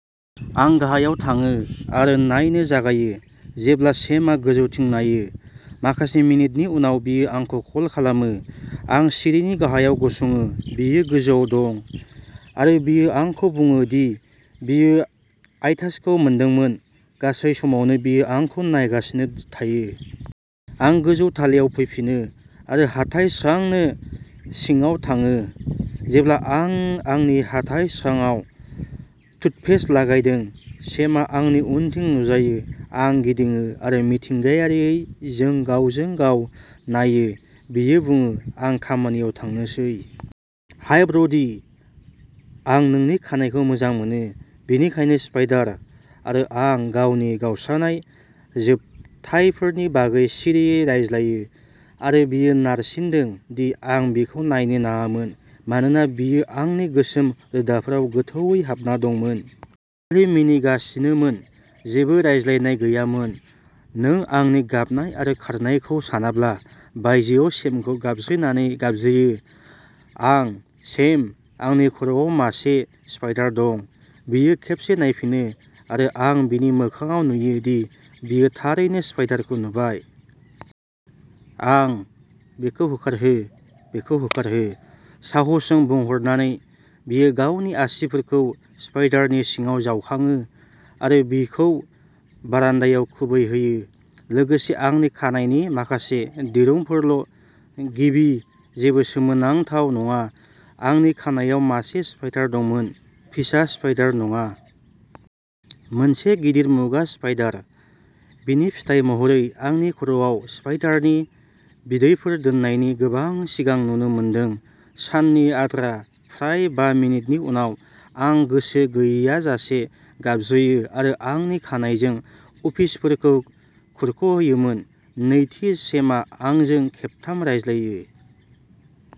आं गाहायाव थाङो आरो नायनो जागायो जेब्ला सेमआ गोजौथिं नायो। माखासे मिनिटनि उनाव, बियो आंखौ कल खालामो। आं सिरिनि गाहायाव गसङो, बियो गोजौआव दं, आरो बियो आंखौ बुङो दि बियो आइटासखौ मोनदोंमोन। गासै समावनो, बियो आंखौ नायगासिनो थायो। आं गोजौ थालायाव फैफिनो, आरो हाथाइ स्रांनो सिंकआव थाङो। जेब्ला आं आंनि हाथाइ स्रांआव टूथपेस्ट लागायदों, सेमआ आंनि उनथिं नुजायो। आं गिदिङो, आरो मिथिंगायारियै, जों गावजों गाव नायो। बियो बुङो, "आं खामानियाव थांनोसै। हाय ब्र'डी! आं नोंनि खानाइखौ मोजां मोनो। बेनिखायनो, स्पाइडार आरो आं आंनि गावस्रानाय जोबथायफोरनि बागै सिरियै रायज्लायो, आरो बियो नारसिनदों दि आं बिखौ नायनो नाङामोन मानोना बियो आंनि गोसोम रोदाफोराव गोथौवै हाबना दंमोन। खालि मिनिगासिनोमोन। जेबो रायज्लायनाय गैयामोन। नों आंनि गाबनाय आरो खारनायखौ सानाब्ला। बायजोआव, सेमखौ गाबज्रिनानै गाबज्रियो। आंः "सेम! आंनि खर'आव मासे स्पाइडार दं! " बियो खेबसे नायफिनो, आरो आं बिनि मोखांआव नुयो दि बियो थारैनो स्पाइडारखौ नुबाय। आंः "बेखौ ओंखारहो! बेखौ ओंखारहो! " साहसजों बुंहरनानै, बियो गावनि आसिफोरखौ स्पाइडारनि सिङाव जावखाङो, आरो बेखौ बारान्दाआव खुबैहोयो, लोगोसे आंनि खानाइनि माखासे दिरुंफोरल'। गिबि-जेबो सोमोनांथाव नङा-आंनि खानायाव मासे स्पाइडार दंमोन। फिसा स्पाइडार नङा। मोनसे गिदिर मुगा स्पाइडार। बेनि फिथाय महरै आंनि खर'आव स्पाइडारनि बिदैफोर दोननायनि गोबां सिमां नुनो मोनदों। साननि आद्रा, फ्राय बा मिनिटनि उनाव, आं गोसो गैयाजासे गाबज्रियो आरो आंनि खानाइजों आसिफोरखौ खुरख'योमोन। नैथि, सेमआ आंजों खेबथाम रायज्लायो।